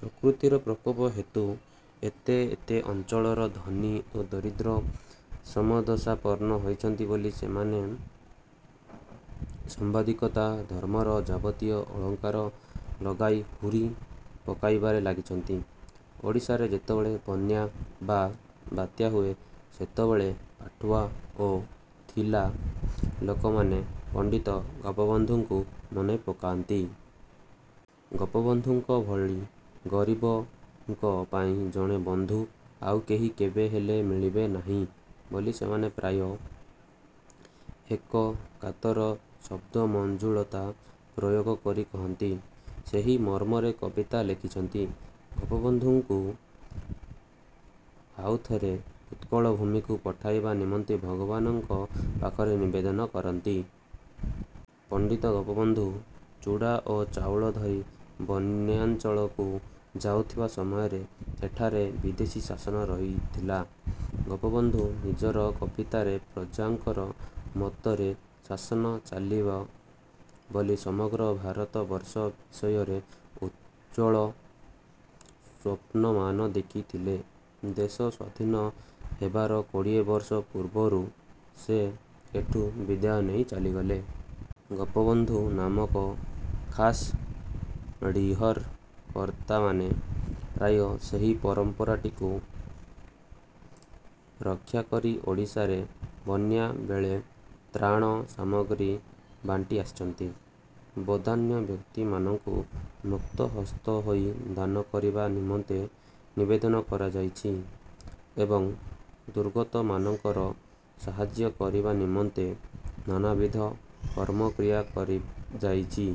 ପ୍ରକୃତିର ପ୍ରକୋପ ହେତୁ ଏତେ ଏତେ ଅଞ୍ଚଳର ଧନୀ ଓ ଦରିଦ୍ର ସମଦଶାପନ୍ନ ହୋଇଛନ୍ତି ବୋଲି ସେମାନେ ସାମ୍ବାଦିକତା-ଧର୍ମର ଯାବତୀୟ ଅଳଙ୍କାର ଲଗାଇ ହୁରି ପକାଇବାରେ ଲାଗିଛନ୍ତି। ଓଡ଼ିଶାରେ ଯେତେବେଳେ ବନ୍ୟା ବା ବାତ୍ୟା ହୁଏ, ସେତେବେଳେ ପାଠୁଆ ଓ ଥିଲା ଲୋକମାନେ ପଣ୍ଡିତ ଗୋପବନ୍ଧୁଙ୍କୁ ମନେପକାନ୍ତି। ଗୋପବନ୍ଧୁଙ୍କ ଭଳି ଗରିବଙ୍କ ପାଇଁ ଜଣେ ବନ୍ଧୁ ଆଉ କେହି କେବେହେଲେ ମିଳିବେ ନାହିଁ ବୋଲି ସେମାନେ ପ୍ରାୟ ଏକ କାତର ଶବ୍ଦମଞ୍ଜୁଳତା ପ୍ରୟୋଗ କରି କହନ୍ତି। ସେହି ମର୍ମରେ କବିତା ଲେଖନ୍ତି। ଗୋପବନ୍ଧୁଙ୍କୁ ଆଉଥରେ ଉତ୍କଳ ଭୂମିକୁ ପଠାଇବା ନିମନ୍ତେ ଭଗବାନଙ୍କ ପାଖରେ ନିବେଦନ କରନ୍ତି। ପଣ୍ଡିତ ଗୋପବନ୍ଧୁ ଚୂଡ଼ା ଓ ଚାଉଳ ଧରି ବନ୍ୟାଞ୍ଚଳକୁ ଯାଉଥିବା ସମୟରେ ଏଠାରେ ବିଦେଶୀ ଶାସନ ରହିଥିଲା। ଗୋପବନ୍ଧୁ ନିଜର କବିତାରେ ପ୍ରଜାଙ୍କର ମତରେ ଶାସନ ଚାଲିବ ବୋଲି ସମଗ୍ର ଭାରତବର୍ଷ ବିଷୟରେ ଉଜ୍ଜ୍ୱଳ ସ୍ଵପ୍ନମାନ ଦେଖିଥିଲେ। ଦେଶ ସ୍ଵାଧୀନ ହେବାର କୋଡ଼ିଏ ବର୍ଷ ପୂର୍ବରୁ ସେ ଏଠୁ ବିଦାୟ ନେଇ ଚାଲିଗଲେ। ଗୋପବନ୍ଧୁ ନାମକ ଖାସ୍ ଡ଼ିହର କର୍ତ୍ତାମାନେ ପ୍ରାୟ ସେହି ପରମ୍ପରାଟିକୁ ରକ୍ଷାକରି ଓଡ଼ିଶାରେ ବନ୍ୟା ବେଳେ ତ୍ରାଣ ସାମଗ୍ରୀ ବାଣ୍ଟି ଆସିଛନ୍ତି। ବଦାନ୍ୟ ବ୍ୟକ୍ତିମାନଙ୍କୁ ମୁକ୍ତହସ୍ତ ହୋଇ ଦାନ କରିବା ନିମନ୍ତେ ନିବେଦନ କରାଯାଇଛି ଏବଂ ଦୁର୍ଗତମାନଙ୍କର ସାହାଯ୍ୟ କରିବା ନିମନ୍ତେ ନାନାବିଧ କର୍ମକ୍ରିୟା କରାଯାଇଛି।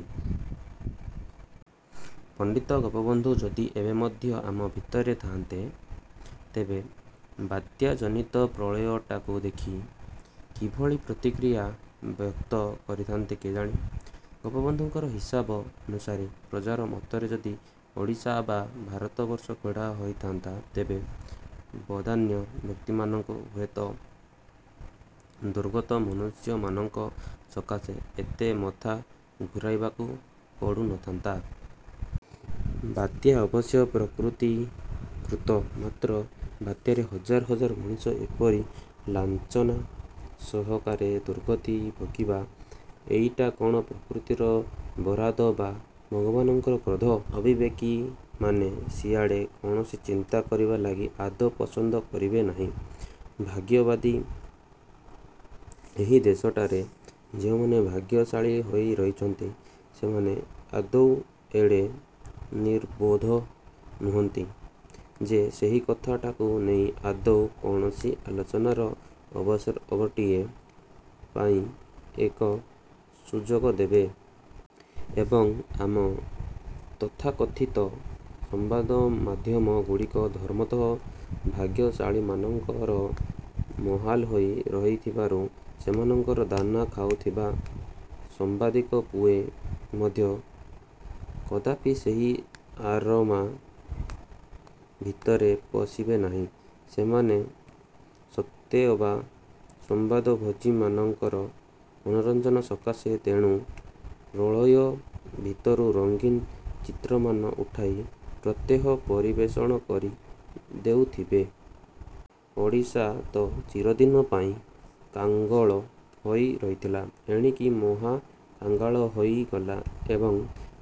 ପଣ୍ଡିତ ଗୋପବନ୍ଧୁ ଯଦି ଏବେ ମଧ୍ୟ ଆମ ଭିତରେ ଥାଆନ୍ତେ, ତେବେ ବାତ୍ୟାଜନିତ ପ୍ରଳୟଟାକୁ ଦେଖି କିଭଳି ପ୍ରତିକ୍ରିୟା ବ୍ୟକ୍ତ କରିଥାଆନ୍ତେ କେଜାଣି? ଗୋପବନ୍ଧୁଙ୍କର ହିସାବ ଅନୁସାରେ, ପ୍ରଜାର ମତରେ ଯଦି ଓଡ଼ିଶା ବା ଭାରତବର୍ଷ ଗଢ଼ା ହୋଇଥାନ୍ତା, ତେବେ ବଦାନ୍ୟ ବ୍ୟକ୍ତିମାନଙ୍କୁ ହୁଏତ ଦୁର୍ଗତ ମନୁଷ୍ୟମାନଙ୍କ ସକାଶେ ଏତେ ମଥା ଘୁରାଇବାକୁ ପଡୁନଥାନ୍ତା। ବାତ୍ୟା ଅବଶ୍ୟ ପ୍ରକୃତିକୃତ। ମାତ୍ର ବାତ୍ୟାରେ ହଜାର ହଜାର ମଣିଷ ଏପରି ଲାଞ୍ଛନା ସହକାରେ ଦୁର୍ଗତି ଭୋଗିବା, ଏଇଟା କ'ଣ ପ୍ରକୃତିର ବରାଦ ବା ଭଗବାନଙ୍କର କ୍ରୋଧ? ଅବିବେକୀମାନେ ସିଆଡ଼େ କୌଣସି ଚିନ୍ତା କରିବା ଲାଗି ଆଦୌ ପସନ୍ଦ କରିବେ ନାହିଁ। ଭାଗ୍ୟବାଦୀ ଏହି ଦେଶଟାରେ ଯେଉଁମାନେ ଭାଗ୍ୟଶାଳୀ ହୋଇ ରହିଛନ୍ତି, ସେମାନେ ଆଦୌ ଏଡ଼େ ନିର୍ବୋଧ ନୁହନ୍ତି ଯେ ସେହି କଥାଟାକୁ ନେଇ ଆଦୌ କୌଣସି ଆଲୋଚନାର ଅବସରଟିଏ ପାଇଁ ଏକ ସୁଯୋଗ ଦେବେ। ଏବଂ, ଆମ ତଥାକଥିତ ସମ୍ବାଦମାଧ୍ୟମ ଗୁଡ଼ିକ ଧର୍ମତଃ ଭାଗ୍ୟଶାଳୀମାନଙ୍କର ମାହାଲ ହୋଇ ରହିଥିବାରୁ ସେମାନଙ୍କର ଦାନା ଖାଉଥିବା ସାମ୍ବାଦିକ ପୁଏ ମଧ୍ୟ କଦାପି ସେହି ଅରମା ଭିତରେ ପଶିବେ ନାହିଁ। ସେମାନେ ସତେଅବା ସମ୍ବାଦଭୋଜୀ ମାନଙ୍କର ମନୋରଞ୍ଜନ ସକାଶେ ତେଣୁ ପ୍ରଳୟ ଭିତରୁ ରଙ୍ଗୀନ ଚିତ୍ରମାନ ଉଠାଇ ପ୍ରତ୍ୟହ ପରିବେଷଣ କରି ଦେଉଥିବେ। ଓଡ଼ିଶା ତ ଚିରଦିନ ପାଇଁ କାଙ୍ଗଳ ହୋଇ ରହିଥିଲା, ଏଣିକି ମହାକାଙ୍ଗାଳ ହୋଇଗଲା ଏବଂ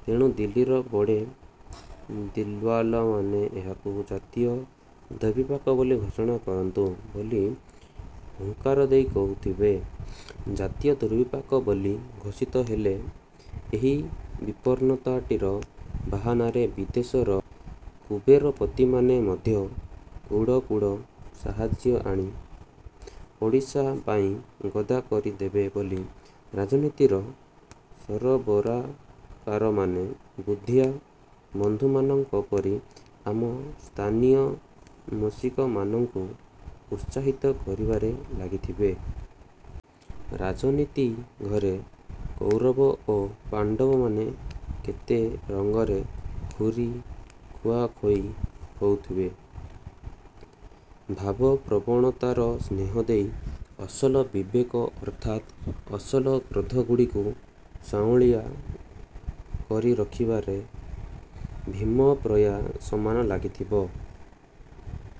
ତେଣୁ ଦିଲ୍ଲୀର ବଡ଼େ ଦିଲ୍ବାଲାମାନେ ଏହାକୁ ଜାତୀୟ ଦୁର୍ବିପାକ ବୋଲି ଘୋଷଣା କରନ୍ତୁ ବୋଲି ହୁଙ୍କାର ଦେଇ କହୁଥିବେ। ଜାତୀୟ ଦୁର୍ବିପାକ ବୋଲି ଘୋଷିତ ହେଲେ ଏହି ବିପନ୍ନତାଟିର ବାହାନାରେ ବିଦେଶର କୁବେରପତିମାନେ ମଧ୍ୟ କୁଢ଼ କୁଢ଼ ସାହାଯ୍ୟ ଆଣି ଓଡ଼ିଶା ପାଇଁ ଗଦା କରିଦେବେ ବୋଲି ରାଜନୀତିର ସରବରାକାରମାନେ ବୁଦ୍ଧିଆ ବନ୍ଧୁମାନଙ୍କ ପରି ଆମ ସ୍ଥାନୀୟ ମୂଷିକମାନଙ୍କୁ ଉତ୍ସାହିତ କରିବାରେ ଲାଗିଥିବେ। ରାଜନୀତି ଘରେ କୌରବ ଓ ପାଣ୍ଡବମାନେ କେତେ ରଙ୍ଗରେ ଖୁରି ଖୁଆଖୋଇ ହେଉଥିବେ। ଭାବପ୍ରବଣତାର ସ୍ନେହ ଦେଇ ଅସଲ ବିବେକ ଅର୍ଥାତ୍ ଅସଲ କ୍ରୋଧଗୁଡ଼ିକୁ ସାଉଁଳିଆ କରି ରଖିବାର ଭୀମପ୍ରୟା ସମାନ ଲାଗିଥିବ।